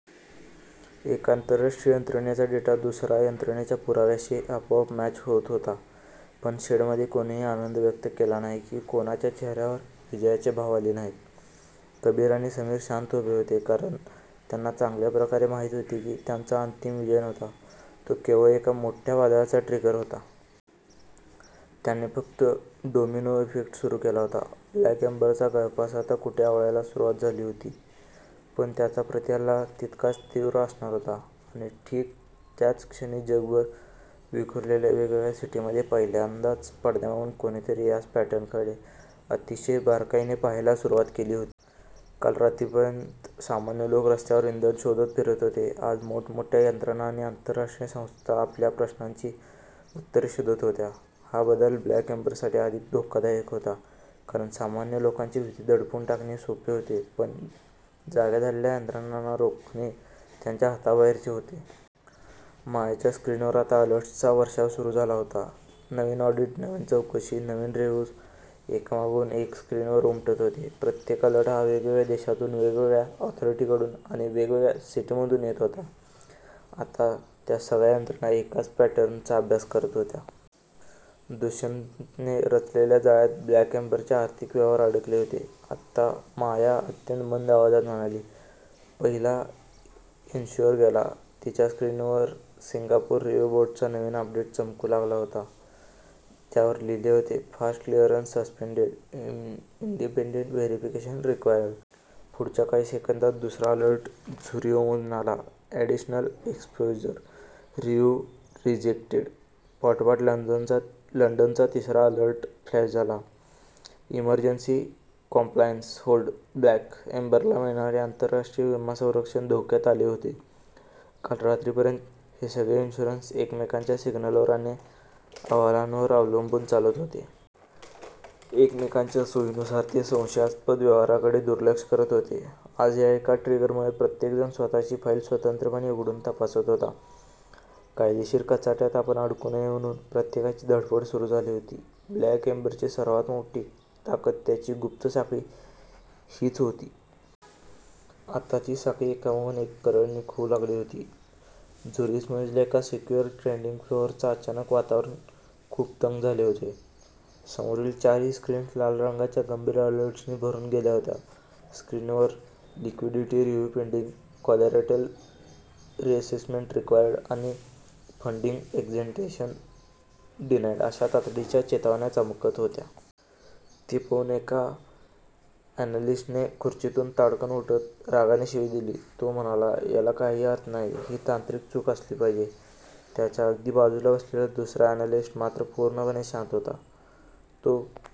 एका आंतरराष्ट्रीय यंत्रणेचा डेटा दुसऱ्या यंत्रणेच्या पुराव्याशी आपोआप मॅच होत होता. पण शेडमध्ये कोणीही आनंद व्यक्त केला नाही, की कोणाच्या चेहऱ्यावर विजयाचे भाव आले नाहीत. कबीर आणि समीर शांत उभे होते. कारण त्यांना चांगल्या प्रकारे माहीत होते की हा त्यांचा अंतिम विजय नव्हता; तो केवळ एका मोठ्या वादळाचा ट्रिगर होता. त्यांनी फक्त डोमिनो इफेक्ट सुरू केला होता. ब्लॅक एम्बरचा गळफास आत्ता कुठे आवळायला सुरुवात झाली होती, पण त्याचा प्रतिहल्ला तितकाच तीव्र असणार होता. आणि ठीक त्याच क्षणी, जगभर विखुरलेल्या वेगवेगळ्या सिस्टीम्समध्ये पहिल्यांदाच पडद्यामागून कोणीतरी याच पॅटर्नकडे अतिशय बारकाईने पाहायला सुरुवात केली होती. काल रात्रीपर्यंत सामान्य लोक रस्त्यावर इंधन शोधत फिरत होते. आज मोठमोठ्या यंत्रणा आणि आंतरराष्ट्रीय संस्था आपल्या प्रश्नांची उत्तरे शोधत होत्या. हा बदल ब्लॅक एम्बरसाठी अधिक धोकादायक होता. कारण सामान्य लोकांची भीती दडपून टाकणे सोपे होते, पण या जाग्या झालेल्या यंत्रणांना रोखणे त्यांच्या हाताबाहेरचे होते. मायाच्या स्क्रीनवर आता अलर्ट्सचा वर्षाव सुरू झाला होता. नवीन ऑडिट, नवीन चौकशी आणि नवीन रिव्ह्यूज एकामागून एक स्क्रीनवर उमटत होते. प्रत्येक अलर्ट हा वेगवेगळ्या देशातून, वेगवेगळ्या ऑथॉरिटीकडून आणि वेगवेगळ्या सिस्टीममधून येत होता. आता त्या सगळ्या यंत्रणा एकाच पॅटर्नचा अभ्यास करत होत्या. दुष्यंतने रचलेल्या जाळ्यात ब्लॅक एम्बरचे आर्थिक व्यवहार अडकले होते. माया अत्यंत मंद आवाजात म्हणाली, "पहिला इन्शुरर गेला. " तिच्या स्क्रीनवर सिंगापूर रिव्ह्यू बोर्डचा नवीन अपडेट चमकू लागला होता, ज्यावर लिहिले होते fast clearance suspended, independent verification required. पुढच्या काही सेकंदांतच दुसरा अलर्ट झुरिचमधून आला ऍडिशनल एक्स्पोजर रिव्ह्यू रिक्व्हेस्टेड. पाठोपाठ लंडनचा तिसरा अलर्ट फ्लॅश झाला इमर्जन्सी कॉम्प्लायन्स होल्ड. ब्लॅक एम्बरला मिळणारे आंतरराष्ट्रीय विमा संरक्षण धोक्यात आले होते. काल रात्रीपर्यंत हे सगळे इन्शुरर्स एकमेकांच्या सिग्नल्सवर आणि अहवालांवर अवलंबून चालत होते. एकमेकांच्या सोयीनुसार ते संशयास्पद व्यवहारांकडे दुर्लक्ष करत होते. आज या एका ट्रिगरमुळे प्रत्येक जण स्वतःची फाईल स्वतंत्रपणे उघडून तपासत होता. कायदेशीर कचाट्यात आपण अडकू नये म्हणून प्रत्येकाची धडपड सुरू झाली होती. ब्लॅक एम्बरची सर्वात मोठी ताकद त्यांची गुप्त साखळी हीच होती. आता ती साखळी एकामागून एक करत निखळू लागली होती. झुरिचमधील एका सिक्युअर ट्रेडिंग फ्लोअरवर अचानक वातावरण खूप तंग झाले होते. समोरील चारही स्क्रीन्स लाल रंगाच्या गंभीर अलर्ट्सनी भरून गेल्या होत्या. स्क्रीनवर liquidity review pending, collateral reassessment required आणि फंडिंग एक्सटेंशन डिनाईड अशा तातडीच्या चेतावण्या चमकत होत्या. ते पाहून एका ॲनालिस्ट खुर्चीतून ताडकन उठत रागाने शिवी दिली. तो चिडून म्हणाला, "याला काहीच अर्थ नाहीये. ही तांत्रिक चूक असली पाहिजे. " त्याच्या अगदी बाजूला बसलेला दुसरा ॲनालिस्ट मात्र पूर्णपणे शांत होता. तो